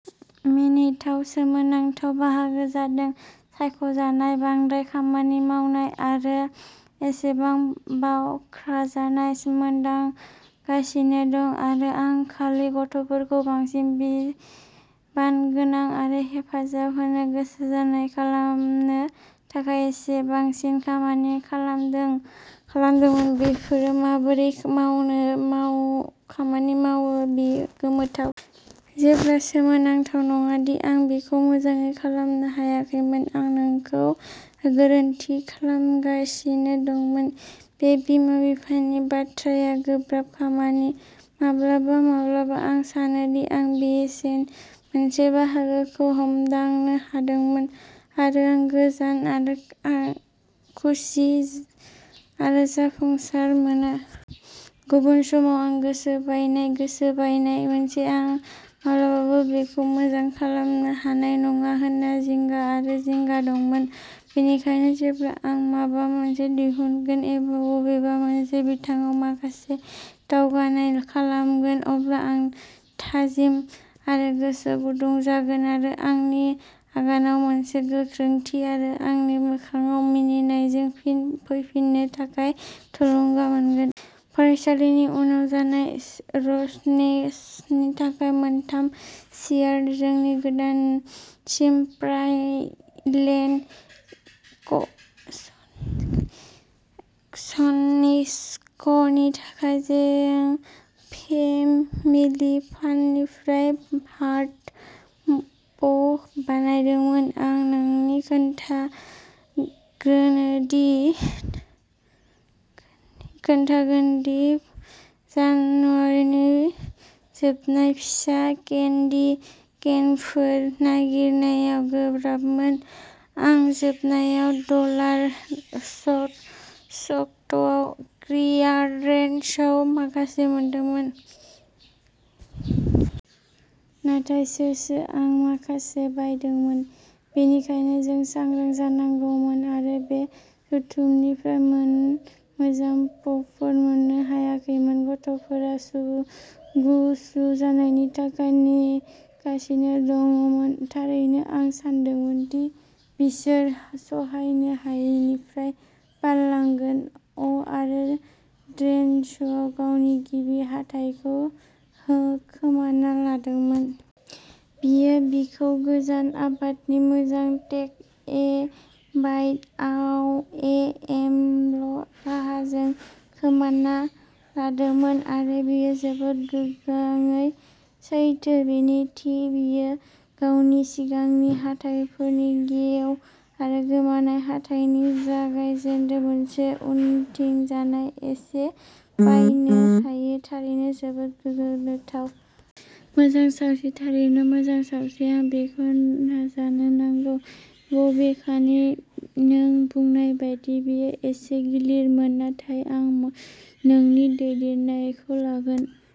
मिनिथाव/सोमोनांथाव बाहागोआ जादोंआं सायख'जानाय, बांद्राय खामानि मावनाय आरो एसेल'बाख्नायजानाय मोनदांगासिनो दं आरो आं खालि गथ'फोरखौ बांसिन बिबानगोनां आरो हेफाजाब होनो गोसो जानाय खालामनो थाखाय एसे बांसिन खामानि खालामनांदोंमोन। बेयो माबोरै खामानि मावो बेयो गोमोथाव। जेबो सोमोनांथाव नङा दि आं बेखौ मोजाङै खालामनो हायाखैमोन। आं बेखौ गोरोन्थि खालामगासिनो दंमोन। बे बिमा-बिफानि बाथ्राया गोब्राब खामानि। माब्लाबा माब्लाबा आं सानो दि आं बेनि मोनसे बाहागोखौ हमदांनो हादोंमोन आरो आं गोजोन आरो खुसि आरो जाफुंसार मोनो। गुबुन समाव आं गोसो बायनाय, गोसो बायनाय मोनो। आं माब्लाबाबो बेखौ मोजां खालामनो हानाय नङा होनना जिंगा आरो जिंगा दंमोन। बेनिखायनो जेब्ला आं माबा मोनसे दिहुनगोन एबा बबेबा मोनसे बिथिङाव माखासे दावगानाय खालामगोन, अब्ला आं थाजिम आरो गोसो गुदुं जागोन आरो आंनि आगानआव मोनसे गोख्रैथि आरो आंनि मोखांआव मिनिनायजों फिन फैफिननो थाखाय थुलुंगा मोनगोन। फरायसालिनि उनाव जानाय स्नेक्सनि थाखाय मोनथाम चियार। जोंनि गोदानसिन फ्राइडे स्नेक्सनि थाखाय जों फेमिलि फाननिफ्राय हार्ट पप बानायदोंमोन। आं नोंनो खोन्थागोनदि जानुवारिनि जोबनायाव फिसा केन्डी केनफोर नागिरनाया गोब्राबमोन। आं जोबनायाव डलार स्ट'रआव क्लियारेन्सआव माखासे मोनदोंमोन। नाथाय सोसोसो। आरो माखासेआ बायदोंमोन। बेनिखायनो जों सांग्रां जानांगौमोन आरो बे जुथुमनिफ्राय मोन मोजां पपफोर मोननो हायाखैमोन। गथ'फोरा गुसु जानायनि थाखाय नेगासिनो दंमोन। थारैनो। आं सानदोंमोन दि बिसोर सहायनो हायैनिफ्राय बारलांगोन। अ'आरो डेनिसआ गावनि गिबि हाथाइखौ खोमाना लादोंमोन। बियो बेखौ गोजाम आदबनि मोजां, टेक-ए-बाइट-आउट-ए-एपोल राहाजों खोमाना लादोंमोन। आरो बियो जोबोद गोग्गाङो। सैथोआ बेनो दि बियो गावनि सिगांनि हाथाइफोरनि गेप आरो गोमानाय हाथाइनि जायगाजों मोनसे उनथिंजाय "एल" बानायनो हायो। थारैनो जोबोद गोग्गाथाव। मोजां सानस्रि, थारैनो मोजां सानस्रि। आं बेखौ नाजानो नांगोन, बबेखानि नों बुंनाय बायदि, बेयो एसे गिलिर मोनो, नाथाय आं नोंनि दैदेननायखौ लागोन।